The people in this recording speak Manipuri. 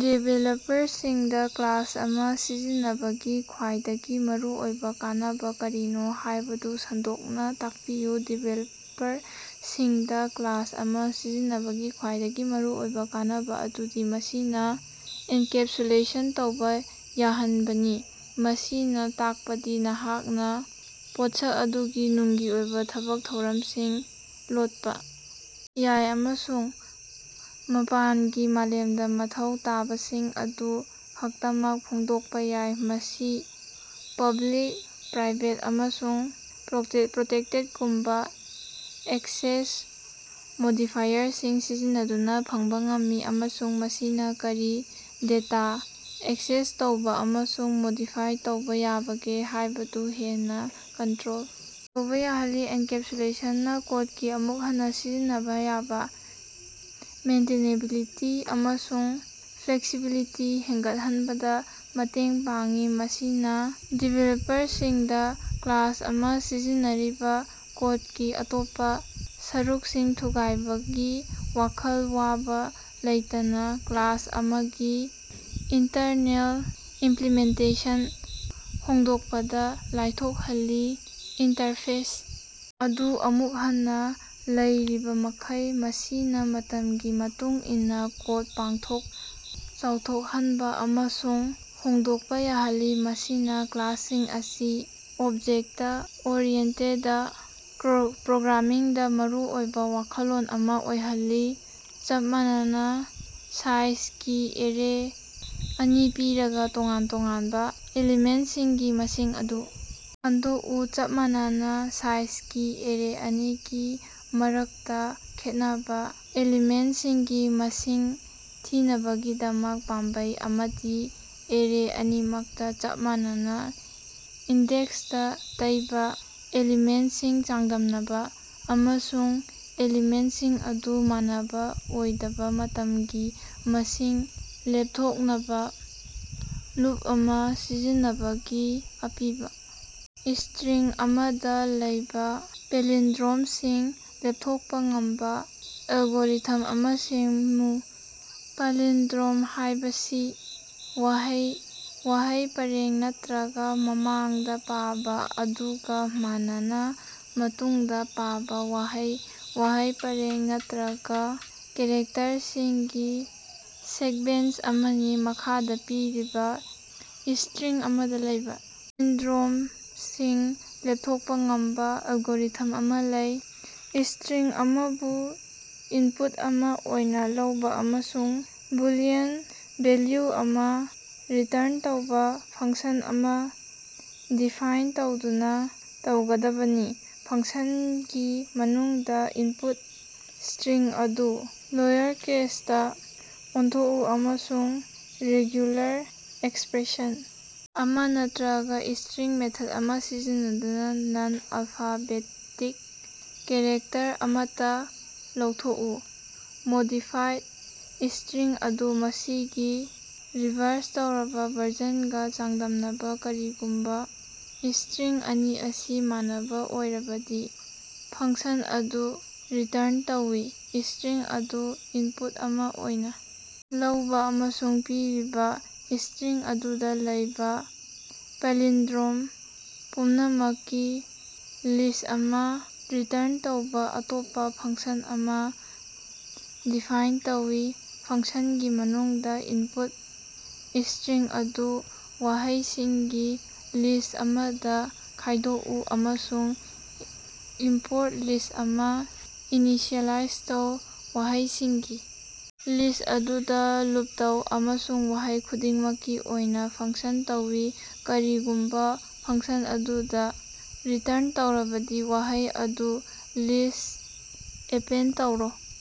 ꯗꯤꯕꯦꯂꯞꯄꯔꯁꯤꯡꯗ ꯀ꯭ꯂꯥꯁ ꯑꯃ ꯁꯤꯖꯤꯟꯅꯕꯒꯤ ꯈ꯭ꯋꯥꯏꯗꯒꯤ ꯃꯔꯨꯑꯣꯏꯕ ꯀꯥꯟꯅꯕ ꯀꯔꯤꯅꯣ ꯍꯥꯏꯕꯗꯨ ꯁꯟꯗꯣꯛꯅ ꯇꯥꯛꯄꯤꯌꯨ? ꯗꯤꯕꯦꯂꯞꯄꯔꯁꯤꯡꯗ ꯀ꯭ꯂꯥꯁ ꯑꯃ ꯁꯤꯖꯤꯟꯅꯕꯒꯤ ꯈ꯭ꯋꯥꯏꯗꯒꯤ ꯃꯔꯨꯑꯣꯏꯕ ꯀꯥꯟꯅꯕ ꯑꯗꯨꯗꯤ ꯃꯁꯤꯅ ꯑꯦꯟꯀꯦꯞꯁꯨꯂꯦꯁꯟ ꯇꯧꯕ ꯌꯥꯍꯟꯕꯅꯤ꯫ ꯃꯁꯤꯅ ꯇꯥꯛꯄꯗꯤ ꯅꯍꯥꯛꯅ ꯄꯣꯠꯁꯛ ꯑꯗꯨꯒꯤ ꯅꯨꯡꯒꯤ ꯑꯣꯏꯕ ꯊꯕꯛ ꯊꯧꯔꯝꯁꯤꯡ ꯂꯣꯠꯄ ꯌꯥꯏ ꯑꯃꯁꯨꯡ ꯃꯄꯥꯟꯒꯤ ꯃꯥꯂꯦꯝꯗ ꯃꯊꯧ ꯇꯥꯕꯁꯤꯡ ꯑꯗꯨ ꯈꯛꯇꯃꯛ ꯐꯣꯡꯗꯣꯛꯄ ꯌꯥꯏ꯫ ꯃꯁꯤ ꯄꯕ꯭ꯂꯤꯛ, ꯄ꯭ꯔꯥꯏꯚꯦꯠ ꯑꯃꯁꯨꯡ ꯄ꯭ꯔꯣꯇꯦꯛꯇꯦꯗꯒꯨꯝꯕ ꯑꯦꯛꯁꯦꯁ ꯃꯣꯗꯤꯐꯥꯏꯌꯔꯁꯤꯡ ꯁꯤꯖꯤꯟꯅꯗꯨꯅ ꯐꯪꯕ ꯉꯝꯃꯤ ꯑꯃꯁꯨꯡ ꯃꯁꯤꯅ ꯀꯔꯤ ꯗꯦꯇꯥ ꯑꯦꯛꯁꯦꯁ ꯇꯧꯕꯥ ꯑꯃꯁꯨꯡ ꯃꯣꯗꯤꯐꯥꯏ ꯇꯧꯕꯥ ꯌꯥꯕꯒꯦ ꯍꯥꯏꯕꯗꯨ ꯍꯦꯟꯅ ꯀꯟꯇ꯭ꯔꯣꯜ ꯇꯧꯕ ꯌꯥꯍꯜꯂꯤ꯫ ꯑꯦꯟꯀꯦꯞꯁꯨꯂꯦꯁꯟꯅ ꯀꯣꯗꯀꯤ ꯑꯃꯨꯛ ꯍꯟꯅꯥ ꯁꯤꯖꯤꯟꯅꯕ ꯌꯥꯕ, ꯃꯦꯟꯇꯦꯅꯦꯕꯤꯂꯤꯇꯤ ꯑꯃꯁꯨꯡ ꯐ꯭ꯂꯦꯛꯁꯤꯕꯤꯂꯤꯇꯤ ꯍꯦꯟꯒꯠꯍꯟꯕꯗ ꯃꯇꯦꯡ ꯄꯥꯡꯏ꯫ ꯃꯁꯤꯅ ꯗꯤꯕꯦꯂꯄꯔꯁꯤꯡꯗꯥ ꯀ꯭ꯂꯥꯁ ꯑꯃꯥ ꯁꯤꯖꯤꯟꯅꯔꯤꯕ ꯀꯣꯗꯀꯤ ꯑꯇꯣꯞꯄꯥ ꯁꯔꯨꯛꯁꯤꯡ ꯊꯨꯒꯥꯏꯕꯒꯤ ꯋꯥꯈꯜ ꯋꯥꯕ ꯂꯩꯇꯅ ꯀ꯭ꯂꯥꯁ ꯑꯃꯒꯤ ꯏꯟꯇꯔꯅꯦꯜ ꯏꯝꯄ꯭ꯂꯤꯃꯦꯟꯇꯦꯁꯟ ꯍꯣꯡꯗꯣꯛꯄꯗ ꯂꯥꯏꯊꯣꯛꯍꯜꯂꯤ, ꯏꯟꯇꯔꯐꯦꯁ ꯑꯗꯨ ꯑꯃꯨꯛ ꯍꯟꯅ ꯂꯩꯔꯤꯕꯃꯈꯩ꯫ ꯃꯁꯤꯅ ꯃꯇꯝꯒꯤ ꯃꯇꯨꯡ ꯏꯟꯅ ꯀꯣꯗ ꯄꯥꯛꯊꯣꯛ ꯆꯥꯎꯊꯣꯛꯍꯟꯕ ꯑꯃꯁꯨꯡ ꯍꯣꯡꯗꯣꯛꯄ ꯌꯥꯍꯜꯂꯤ, ꯃꯁꯤꯅꯥ ꯀ꯭ꯂꯥꯁꯁꯤꯡ ꯑꯁꯤ ꯑꯣꯕꯖꯦꯛꯇ-ꯑꯣꯔꯤꯑꯦꯟꯇꯦꯗ ꯄ꯭ꯔꯣꯒ꯭ꯔꯥꯃꯤꯡꯗꯥ ꯃꯔꯨꯑꯣꯏꯕ ꯋꯥꯈꯜꯂꯣꯟ ꯑꯃ ꯑꯣꯏꯍꯜꯂꯤ꯫ ꯆꯞ ꯃꯥꯟꯅꯕꯥ ꯁꯥꯏꯖꯒꯤ ꯑꯦꯔꯦ ꯑꯅꯤ ꯄꯤꯔꯒ, ꯇꯣꯉꯥꯟ-ꯇꯣꯉꯥꯟꯕ ꯑꯦꯂꯤꯃꯦꯟꯇꯁꯤꯡꯒꯤ ꯃꯁꯤꯡ ꯑꯗꯨ ꯈꯪꯗꯣꯛꯎ꯫ ꯆꯞ ꯃꯥꯟꯅꯕ ꯁꯥꯏꯖꯒꯤ ꯑꯦꯔꯦ ꯑꯅꯤꯒꯤ ꯃꯔꯛꯇꯥ ꯈꯦꯠꯅꯕ ꯑꯦꯂꯤꯃꯦꯟꯇꯁꯤꯡꯒꯤ ꯃꯁꯤꯡ ꯊꯤꯅꯕꯒꯤꯗꯃꯛ, ꯄꯥꯝꯕꯩ ꯑꯃꯗꯤ ꯑꯦꯔꯦ ꯑꯅꯤꯃꯛꯇ ꯆꯞ ꯃꯥꯟꯅꯕ ꯏꯟꯗꯦꯛꯁꯇ ꯂꯩꯕ ꯑꯦꯂꯤꯃꯦꯟꯇꯁꯤꯡ ꯆꯥꯡꯗꯝꯅꯕ ꯑꯃꯁꯨꯡ ꯑꯦꯂꯤꯃꯦꯟꯇꯁꯤꯡ ꯑꯗꯨ ꯃꯥꯟꯅꯕ ꯑꯣꯏꯗꯕ ꯃꯇꯝꯒꯤ ꯃꯁꯤꯡ ꯂꯦꯞꯊꯣꯛꯅꯕ ꯂꯨꯞ ꯑꯃ ꯁꯤꯖꯤꯟꯅꯕꯅꯤ꯫ ꯑꯄꯤꯕ ꯏꯁꯇ꯭ꯔꯤꯡ ꯑꯃꯗ ꯂꯩꯕ ꯄꯦꯂꯤꯟꯗ꯭ꯔꯣꯝꯁꯤꯡ ꯂꯦꯞꯊꯣꯛꯄ ꯉꯝꯕ ꯑꯦꯜꯒꯣꯔꯤꯊꯝ ꯑꯃ ꯁꯦꯝꯃꯨ꯫ ꯄꯥꯂꯤꯟꯗ꯭ꯔꯣꯝ ꯍꯥꯏꯕꯁꯤ ꯋꯥꯍꯩ, ꯋꯥꯍꯩ ꯄꯔꯦꯡ ꯅꯠꯇ꯭ꯔꯒ ꯃꯃꯥꯡꯗ ꯄꯥꯕ ꯑꯗꯨꯒ ꯃꯥꯟꯅꯅ ꯃꯇꯨꯡꯗ ꯄꯥꯕ ꯋꯥꯍꯩ, ꯋꯥꯍꯩ ꯄꯔꯦꯡ ꯅꯠꯇ꯭ꯔꯒ ꯀꯦꯔꯦꯛꯇꯔꯁꯤꯡꯒꯤ ꯁꯤꯛꯕꯦꯟꯁ ꯑꯃꯅꯤ꯫ ꯃꯈꯥꯗ ꯄꯤꯔꯤꯕ ꯏꯁꯇ꯭ꯔꯤꯡ ꯑꯃꯗ ꯂꯩꯕ ꯄꯦꯂꯤꯟꯗ꯭ꯔꯣꯝꯁꯤꯡ ꯂꯦꯞꯊꯣꯛꯄ ꯉꯝꯕ ꯑꯦꯜꯒꯣꯔꯤꯊꯝ ꯑꯃ ꯂꯩ: ꯏꯁꯇ꯭ꯔꯤꯡ ꯑꯃꯕꯨ ꯏꯟꯄꯨꯠ ꯑꯃ ꯑꯣꯏꯅ ꯂꯧꯕ ꯑꯃꯁꯨꯡ ꯕꯨꯂꯤꯌꯟ ꯚꯦꯜꯌꯨ ꯑꯃ ꯔꯤꯇꯔꯟ ꯇꯧꯕ ꯐꯪꯁꯟ ꯑꯃ ꯗꯤꯐꯥꯏꯟ ꯇꯧꯗꯨꯅ ꯍꯧꯒꯗꯕꯅꯤ꯫ ꯐꯪꯁꯟꯒꯤ ꯃꯅꯨꯡꯗ, ꯏꯟꯄꯨꯠ ꯁ꯭ꯠꯔꯤꯡ ꯑꯗꯨ ꯂꯣꯌꯔꯀꯦꯁꯇꯥ ꯑꯣꯟꯊꯣꯛꯎ ꯑꯃꯁꯨꯡ ꯔꯦꯒꯨꯂꯥꯔ ꯑꯦꯛꯁꯄ꯭ꯔꯦꯁꯟ ꯑꯃ ꯅꯠꯇ꯭ꯔꯒ ꯏꯁꯇ꯭ꯔꯤꯡ ꯃꯦꯊꯠ ꯑꯃ ꯁꯤꯖꯤꯟꯅꯗꯨꯅ ꯅꯟ-ꯑꯜꯐꯥꯕꯦꯇꯤꯛ ꯀꯦꯔꯦꯛꯇꯔ ꯑꯃꯠꯇ ꯂꯧꯊꯣꯛꯎ꯫ ꯃꯣꯗꯤꯐꯥꯏꯗ ꯏꯁꯇ꯭ꯔꯤꯡ ꯑꯗꯨ ꯃꯁꯤꯒꯤ ꯔꯤꯚꯥꯔꯁ ꯇꯧꯔꯕ ꯚꯔꯖꯟꯒ ꯆꯥꯡꯗꯝꯅꯕ꯫ ꯀꯔꯤꯒꯨꯝꯕ ꯏꯁꯇ꯭ꯔꯤꯡ ꯑꯅꯤ ꯑꯁꯤ ꯃꯥꯟꯅꯕ ꯑꯣꯏꯔꯕꯗꯤ, ꯐꯪꯁꯟ ꯑꯗꯨ ꯔꯤꯇꯔꯟ ꯇꯧꯏ꯫ ꯏꯁꯇ꯭ꯔꯤꯡ ꯑꯃ ꯏꯟꯄꯨꯠ ꯑꯃ ꯑꯣꯏꯅ ꯂꯧꯕ ꯑꯃꯁꯨꯡ ꯄꯤꯔꯤꯕ ꯏꯁꯇ꯭ꯔꯤꯡ ꯑꯗꯨꯗꯥ ꯂꯩꯕꯥ ꯄꯥꯂꯤꯟꯗ꯭ꯔꯣꯝ ꯄꯨꯝꯅꯃꯛꯀꯤ ꯂꯤꯁ꯭ꯠ ꯑꯃ ꯔꯤꯇꯔꯟ ꯇꯧꯕ ꯑꯇꯣꯞꯄ ꯐꯪꯁꯟ ꯑꯃ ꯗꯤꯐꯥꯏꯟ ꯇꯧ꯫ ꯐꯪꯁꯟꯒꯤ ꯃꯅꯨꯡꯗ, ꯏꯟꯄꯨꯠ ꯏꯁꯇ꯭ꯔꯤꯡ ꯑꯗꯨ ꯋꯥꯍꯩꯁꯤꯡꯒꯤ ꯂꯤꯁ ꯑꯃꯗ ꯈꯥꯏꯗꯣꯛꯎ, ꯑꯃꯁꯨꯡ ꯏꯝꯄꯣꯔꯠ ꯂꯤꯁ ꯑꯃ ꯏꯅꯤꯁꯤꯑꯦꯂꯥꯏꯖ ꯇꯧ꯫ ꯋꯥꯍꯩꯁꯤꯡꯒꯤ ꯂꯤꯁ꯭ꯠ ꯑꯗꯨꯗ ꯂꯨꯞ ꯇꯧ, ꯑꯃꯁꯨꯡ ꯋꯥꯍꯩ ꯈꯨꯗꯤꯡꯃꯛꯀꯤ ꯑꯣꯏꯅ ꯐꯪꯁꯟ ꯇꯧꯏ꯫ ꯀꯔꯤꯒꯨꯝꯕ ꯐꯪꯁꯟ ꯑꯗꯨꯅ ꯔꯤꯇꯔꯟ ꯇꯧꯔꯕꯗꯤ, ꯋꯥꯍꯩ ꯑꯗꯨ ꯂꯤꯁꯇ ꯑꯦꯄꯦꯟꯗ ꯇꯧꯔꯣ꯫